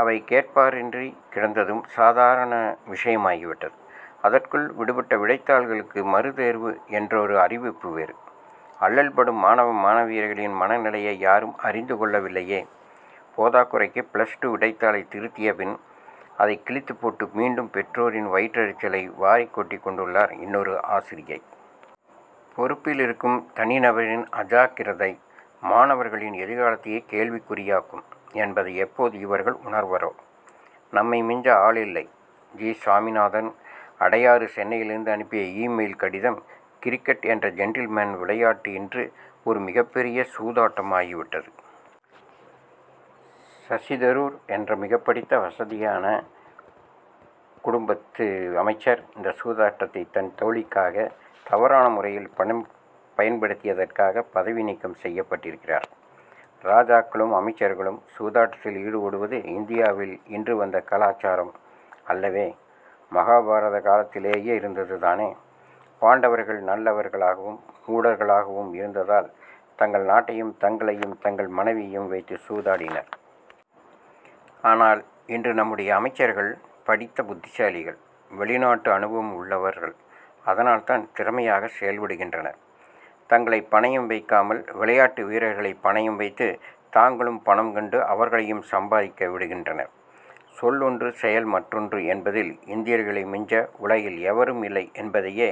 அவை கேட்பாரின்றி கிடந்ததும் சாதாரண விஷயமாகி விட்டது. அதற்குள் விடுபட்ட விடைத்தாள்களுக்கு மறுதேர்வு என்றொரு அறிவிப்பு வேறு. அல்லல்படும் மாணவ மாணவியர்களின் மனநிலையை யாரும் அறிந்து கொள்ளவில்லையே. போதாக்குறைக்கு பிளஸ் டூ விடைத்தாளை திருத்திய பின் அதை கிழித்துப் போட்டு மீண்டும் பெற்றோரின் வயிற்றெரிச்சலை வாரிக் கொட்டிக் கொண்டுள்ளார் இன்னொரு ஆசிரியை. பொறுப்பில் இருக்கும் தனி நபரின் அஜாக்கிரதை மாணவர்களின் எதிர்காலத் தையே கேள்விக்குறியாக் கும் என்பதை எப்போது இவர்கள் உணர்வரோ? நம்மை மிஞ்ச ஆளில்லை! ஜி. சுவாமிநாதன் அடையாறு சென்னையிலிருந்து அனுப்பிய இ-மெயில் கடிதம் கிரிக்கெட் என்ற ஜென்டில்மென் விளையாட்டு இன்று ஒரு மிகப் பெரிய சூதாட்டம் ஆகி விட்டது. சசி தரூர் என்ற மிகப் படித்த வசதியான குடும்பத்து அமைச்சர் இந்த சூதாட்டத்தை தன் தோழிக்காக தவறான முறையில் பயன்படுத்தியதற்காக பதவி நீக்கம் செய்யப்பட்டிருக்கிறார். ராஜாக்களும் அமைச்சர்களும் சூதாட்டத்தில் ஈடுபடுவது இந்தியாவில் இன்று வந்த கலாசாரம் அல்லவே மகாபாரத காலத்திலேயே இருந்தது தானே! பாண்டவர்கள் நல்லவர் களாகவும் மூடர்களாகவும் இருந்ததால் தங்கள் நாட்டையும் தங்களையும் தங்கள் மனைவியையும் வைத்து சூதாடினர். ஆனால் இன்று நம்முடைய அமைச்சர்கள் படித்த புத்திசாலிகள் வெளிநாட்டு அனுபவம் உள்ளவர் கள்அதனால் தான் திறமையாக செயல்படுகின்றனர். தங்களை பணயம் வைக் காமல் விளையாட்டு வீரர் களை பணயம் வைத்து தாங்களும் பணம் கண்டு அவர்களையும் சம்பாதிக்க விடுகின்றனர். சொல் ஒன்று செயல் மற்றொன்று என்பதில் இந்தியர்களை மிஞ்ச உலகில் எவரும் இல்லை என்பதையே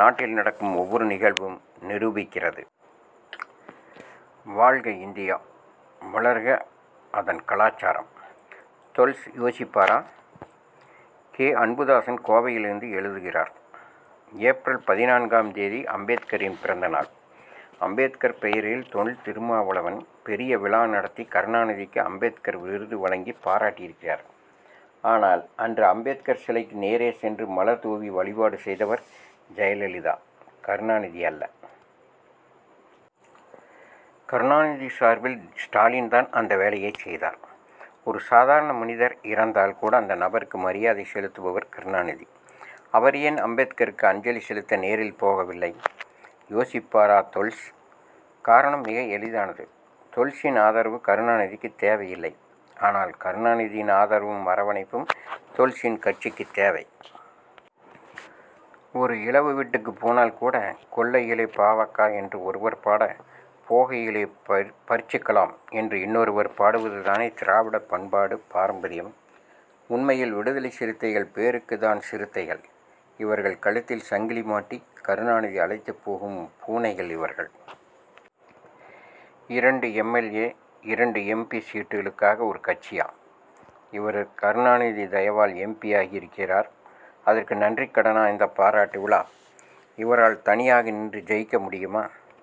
நாட்டில் நடக்கும் ஒவ்வொரு நிகழ்வும் நிரூபிக்கிறது. வாழ்க இந்தியா வளர்க அதன் கலாசாரம்! தொல்ஸ் யோசிப்பாரா? கே. அன்புதாசன் கோவையிலிருந்து எழுதுகிறார் ஏப்ரல் பதினான்காம் தேதி அம்பேத்கரின் பிறந்த நாள். அம்பேத்கர் பெயரில் தொல். திருமாவளவன் பெரிய விழா நடத்தி கருணாநிதிக்கு அம்பேத்கர் விருது வழங்கிப் பாராட்டி இருக்கிறார். ஆனால் அன்று அம்பேத்கர் சிலைக்கு நேரே சென்று மலர் தூவி வழிபாடு செய்தவர் ஜெயலலிதா கருணாநிதி அல்ல. கருணாநிதி சார்பில் ஸ்டாலின் தான் அந்த வேலையைச் செய்தார். ஒரு சாதாரண மனிதர் இறந்தால் கூட அந்த நபருக்கு மரியாதை செலுத்துபவர் கருணாநிதி. அவர் ஏன் அம்பேத் கருக்கு அஞ்சலி செலுத்த நேரில் போகவில்லை? யோசிப்பாரா தொல்ஸ்? காரணம் மிக எளிதானது. தொல்சின் ஆதரவு கருணாநிதிக்கு தேவை இல்லை ஆனால் கருணாநிதியின் ஆதரவும் அரவணைப்பும் தொல்சின் கட்சிக்குத் தேவை. ஒரு இழவு வீட்டுக்குப் போனால் கூட கொல்லையிலே பாவக்கா என்று ஒருவர் பாட போகையிலே பறிச்சிக்கலாம் என்று இன்னொருவர் பாடுவது தானே திராவிட பண்பாடு பாரம்பரியம். உண்மையில் விடுதலைச் சிறுத்தைகள் பேருக்குத்தான் சிறுத் தைகள் இவர்கள் கழுத்தில் சங்கிலி மாட்டி கருணாநிதி அழைத்துப் போகும் பூனைகள் இவர்கள். இரண்டு எம். எல். ஏ. இரண்டு எம். பி. சீட்டுகளுக்காக ஒரு கட்சியா? இவர் கருணாநிதி தயவால் எம். பி. யாகி இருக்கிறார். அதற்கு நன்றிக் கடனா இந்தப் பாராட்டு விழா? இவரால் தனியாக நின்று ஜெயிக்க முடியுமா?